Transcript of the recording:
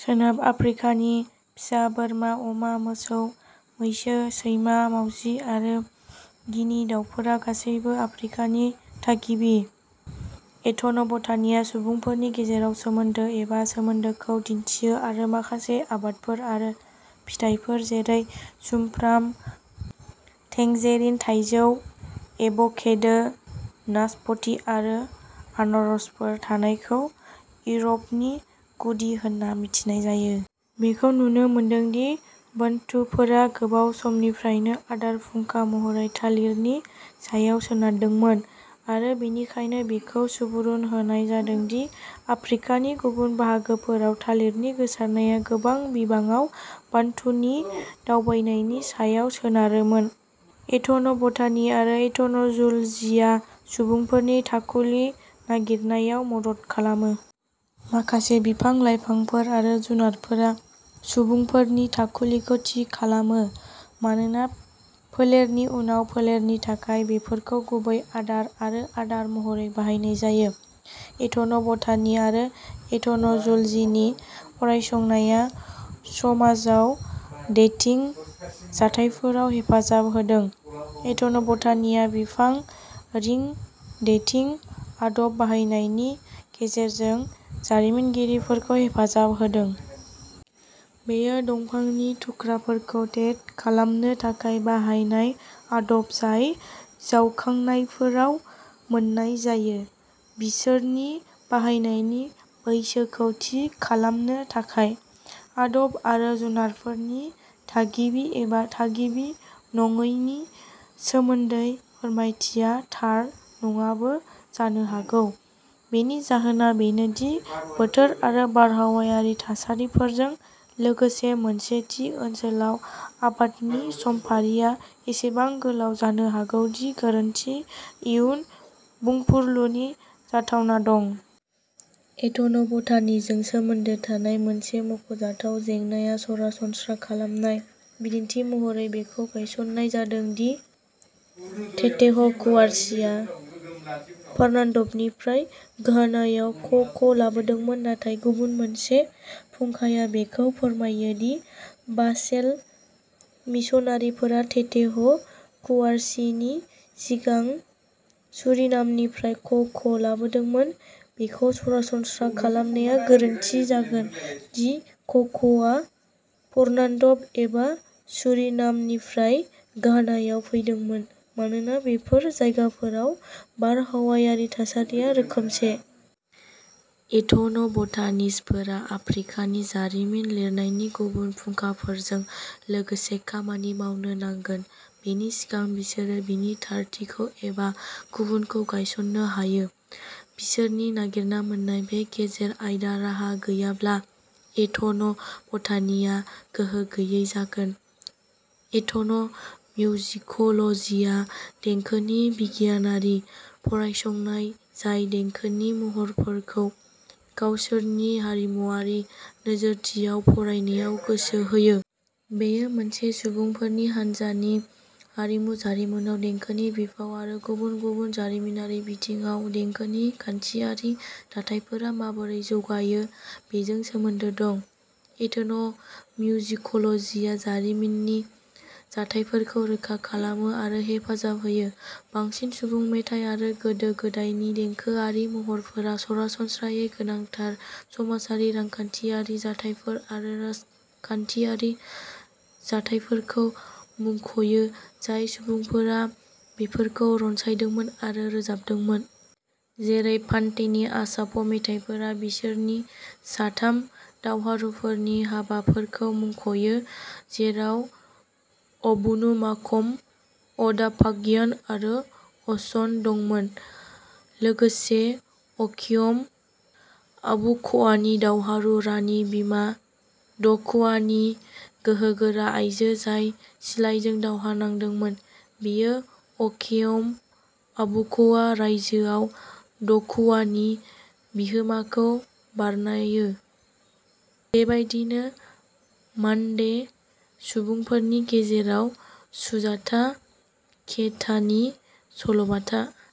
सोनाब आफ्रिकानि फिसा बोरमा अमा मोसौ मैसो सैमा मावजि आरो गिनि दावफोरा गासैबो आफ्रिकानि थागिबि। एथन'बटानिआ सुबुंफोरनि गेजेराव सोमोन्दो एबा सोमोन्दोखौ दिन्थियो आरो माखासे आबादफोर आरो फिथाइफोर जेरै सुमफ्राम टेंजेरिन थाइजौ एभकेडो नासपति आरो आनारसफोर थानायखौ इउर'पनि गुदि होनना मिथिनाय जायो। बेखौ नुनो मोनदों दि बान्टुफोरा गोबाव समनिफ्रायनो आदार फुंखा महरै थालिरनि सायाव सोनारदोंमोन आरो बेनिखायनो बेखौ सुबुरुन होनाय जादों दि आफ्रिकानि गुबुन बाहागोफोराव थालिरनि गोसारनाया गोबां बिबाङाव बान्टुनि दावबायनायनि सायाव सोनारोमोन। एथन'बटानि आरो एथन'जुलजिया सुबुंफोरनि थाखुलि नागिरनायाव मदद खालामो। माखासे बिफां लाइफांफोर आरो जुनारफोरा सुबुंफोरनि थाखुलिखौ थि खालामो मानोना फोलेरनि उनाव फोलेरनि थाखाय बेफोरखौ गुबै आदार आरो आदार महरै बाहायनाय जायो। एथन'बटानि आरो एथन'जुलजिनि फरायसंनाया समाजाव डेटिं जाथायफोराव हेफाजाब होदों। एथन'बटानिआ बिफां रिं डेटिं आदब बाहायनायनि गेजेरजों जारिमिनगिरिफोरखौ हेफाजाब होदों। बेयो दंफांनि थुख्राफोरखौ डेट खालामनो थाखाय बाहायनाय आदब जाय जावखांनायफोराव मोन्नाय जायो बिसोरनि बाहायनायनि बैसोखौ थि खालामनो थाखाय। आदब आरो जुनारफोरनि थागिबि एबा थागिबि नङैनि सोमोन्दै फोरमायथिया थार नङाबो जानो हागौ। बेनि जाहोना बेनो दि बोथोर आरो बारहावायारि थासारिफोरजों लोगोसे मोनसे थि ओनसोलाव आबादनि समफारिआ एसेबां गोलाव जानो हागौ दि गोरोन्थि इयुन बुंफुरलुनि जाथावना दं। एथन'बटानिजों सोमोन्दो थानाय मोनसे मख'जाथाव जेंनाआ सरासनस्रा खालामनाय। बिदिन्थि महरै बेखौ गायसननाय जादों दि टेटेह कुवारसिआ फर्नान्डपनिफ्राय घानायाव क' क' लाबोदोंमोन नाथाय गुबुन मोनसे फुंखाया बेखौ फोरमायो दि बासेल मिशनारिफोरा टेटेह' कुवारसिनि सिगां सुरिनामनिफ्राय क' क' लाबोदोंमोन बेखौ सरासनस्रा खालामनाया गोरोन्थि जागोन दि क' क' आ फर्नान्डप एबा सुरिनामनिफ्राय घानायाव फैदोंमोन मानोना बेफोर जायगाफोराव बारहावायारि थासारिया रोखोमसे। एथन'बटानिस्टफोरा आफ्रिकानि जारिमिन लिरनायनि गुबुन फुंखाफोरजों लोगोसे खामानि मावनो नांगोन बेनि सिगां बिसोरो बेनि थारथिखौ एबा गुबुनखौ गायसननो हायो। बिसोरनि नागिरना मोन्नाय बे गेजेर आयदा राहा गैयाब्ला एथन'बटानिआ गोहो गैयै जागोन। एथन'मिउजिक'लजिया देंखोनि बिगियानारि फरायसंनाय जाय देंखोनि महरफोरखौ गावसोरनि हारिमुआरि नोजोरथियाव फरायनायाव गोसो होयो। बेयो मोनसे सुबुंफोरनि हान्जानि हारिमु जारिमिनाव देंखोनि बिफाव आरो गुबुन गुबुन जारिमिनारि बिथिङाव देंखोनि खान्थियारि दाथायफोरा माबोरै जौगायो बेजों सोमोन्दो दं। एथन' मिउजिक'लजिया जारिमिननि जाथायफोरखौ रोखा खालामो आरो हेफाजाब होयो। बांसिन सुबुं मेथाइ आरो गोदो गोदायनि देंखोआरि महरफोरा सरासनस्रायै गोनांथार समाजारि रांखान्थियारि जाथायफोर आरो राजखान्थियारि जाथायफोरखौ मुंखयो जाय सुबुंफोरा बेफोरखौ रनसायदोंमोन आरो रोजाबदोंमोन। जेरै फान्तेनि आसाफ'मेथाइफोरा बिसोरनि साथाम दावहारुफोरनि हाबाफोरखौ मुंख'यो जेराव अबुनुमाकम अडापाग्यान आरो असन दंमोन। लोगोसे अकेयम आबुक्वानि दावहारु रानि बिमा ड'कुवा नि गोहो गोरा आइजो जाय सिलाइजों दावहा नांदोंमोन। बेयो अकेयम आबुक्वा रायजोआव ड'कुवा नि बिहोमाखौ बरनायो। बेबायदिनो मान्डे सुबुंफोरनि गेजेराव सुजाता केटानि सल' बाथा।